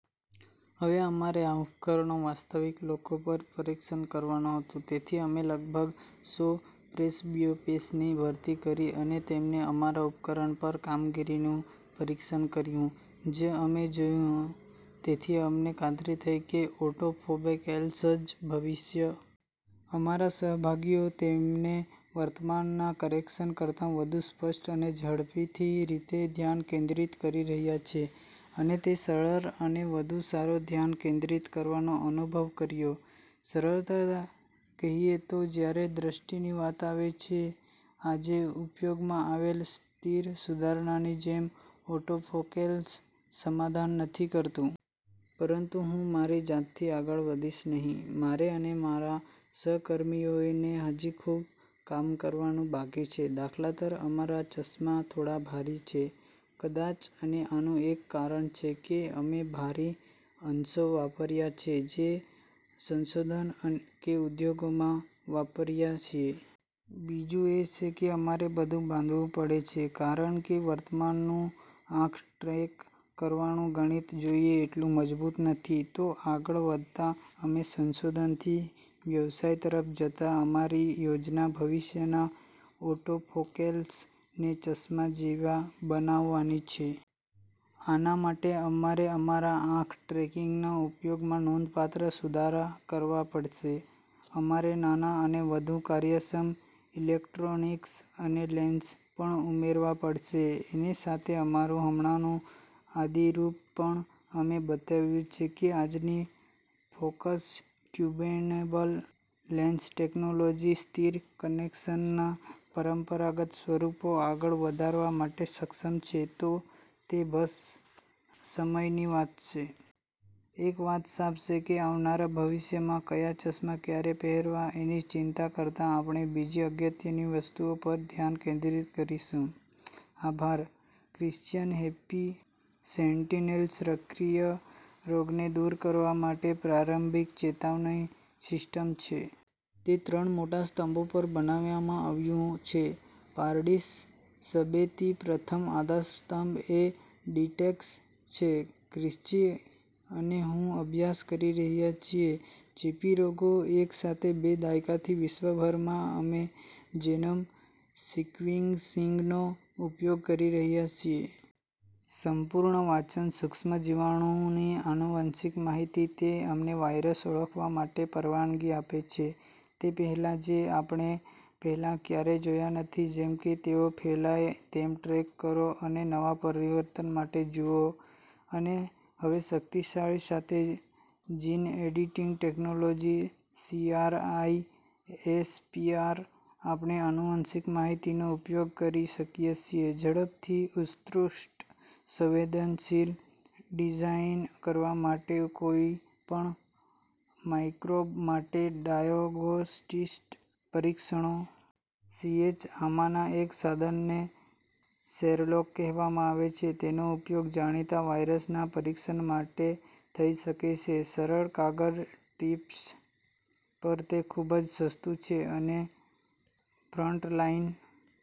હવે અમારે આ ઉપકરણો વાસ્તવિક લોકો પર પરીક્ષણ કરવાનું હતું. તેથી અમે લગભગ સો પ્રેસબ્યોપેસની ભરતી કરી અને તેમને અમારા ઉપકરણ પર કામગીરી નું પરીક્ષણ કર્યું. જે અમે જોયું તેથી અમને ખાતરી થઇ કે ઑટોફોકેલ્સ જ ભવિષ્ય. અમારા સહભાગીઓ તેમને વર્તમાન ના કરેકશન કરતા વધુ સ્પષ્ટ અને ઝડપથી રીતે ધ્યાન કેન્દ્રિત કરી શકયા. અને તે સરળ અને વધુ સારો ધ્યાન કેન્દ્રિત કરવાનો અનુભવ કરીયો. સરળતા કહીએ તો, જ્યારે દ્રષ્ટિની વાત આવે છે, આજે ઉપયોગમાં આવેલ સ્થિર સુધારણા ની જેમ ઑટોફોકેલ સમાધાન નહિ કરતુ. પરંતુ હું મારી જાતથી આગળ વધીશ નહિ. મારે અને મારા સહકર્મચારીઓ ને હજી ખુબ કામ કરવાનું બાકી છે. દા. ત. અમારા ચશ્મા થોડા ભારી છે? કદાચ અને આનું એક કારણ એ છે કે અમે ભારી અંશો વાપર્યા છે જે સંશોધન કે ઉદ્યોગમા વાપર્યા છીએ. બીજું એ કે અમારે બધું બાંધવું પડે છે કારણ કે વર્તમાન નું આંખ-ટ્રેક કરવાનું ગણિત જોઈએ એટલું મજબૂત નથી. તો આગળ વધતા, અમે સંશોધન થી વ્યવસાય તરફ જતા અમારી યોજના ભવિષ્ય ના ઑટોફોકેલ્સ ને ચશ્મા જેવા બનાવાની છે. આના માટે, અમારે અમારા આંખ ટ્રેકિંગ ના ઉપાયમાં નોંધપાત્ર સુધારા કરવા પડશે. અમારે નાના અને વધુ કાર્યક્ષમ ઇલેક્ટ્રોનિક્સ અને લેન્સ પણ ઉમેરવા પડશે એને સાથે, અમારું હમણાનું આદિરુપ પણ, અમે બતાવ્યું છે કે આજની ફોકસ-ટ્યુનેબલ લેન્સ ટેકનોલોજી સ્થિર કરેક્શનના પરંપરાગત સ્વરૂપોને આગળ વધારવા માટે સક્ષમ છે તો એ બસ સમય ની વાત છે. એક વાત સાફ છે કે આવનારા ભવિશ્યમાં, કયા ચશ્માં ક્યારે પહેરવા એની ચિંતા કરતા આપણે બીજી અગત્ય ની વસ્તુઓ પર ધ્યાન કેન્દ્રિત કરશું. આભાર ક્રિશ્ચિયન હેપ્પી: સેંટિનેલ સક્રિય રોગને દૂર કરવા માટે પ્રારંભિક ચેતવણી સિસ્ટમ છે. તે ત્રણ મોટા સ્તંભો પર બનાવવામાં આવ્યું છે. પારડીસ સબેતી: પ્રથમ આધારસ્તંભ એ ડિટેક્ટ છે. ખ્રિસ્તી અને હું અભ્યાસ કરી રહ્યા છીએ ચેપી રોગો એક સાથે બે દાયકાથી વિશ્વભરમાં. અમે જેનોમ સિક્વિન્સીંગનો ઉપયોગ કરી રહ્યા છીએ. સંપૂર્ણ વાંચન સૂક્ષ્મજીવાણુની આનુવંશિક માહિતી, તે અમને વાયરસ ઓળખવા માટે પરવાનગી આપે છે, તે પહેલાં જે આપણે પહેલાં ક્યારેય જોયા નથી, જેમ તેઓ ફેલાય તેમ ટ્રેક કરો અને નવા પરિવર્તન માટે જુઓ. અને હવે શક્તિશાળી સાથે જીન-એડિટિંગ ટેકનોલોજી સીઆરઆઈએસપીઆર, આપણે આનુવંશિક માહિતીનો ઉપયોગ કરી શકીએ છીએ ઝડપથી ઉત્કૃષ્ટ સંવેદનશીલ ડિઝાઇન કરવા માટે કોઈપણ માઇક્રોબ માટે ડાયગ્નોસ્ટિક પરીક્ષણો. સીએચ: આમાંના એક સાધનને શેરલોક કહેવામાં આવે છે. તેનો ઉપયોગ જાણીતા વાયરસના પરીક્ષણ માટે થઈ શકે છે સરળ કાગળ સ્ટ્રિપ્સ પર. તે ખૂબ સસ્તું છે, અને ફ્રન્ટલાઈન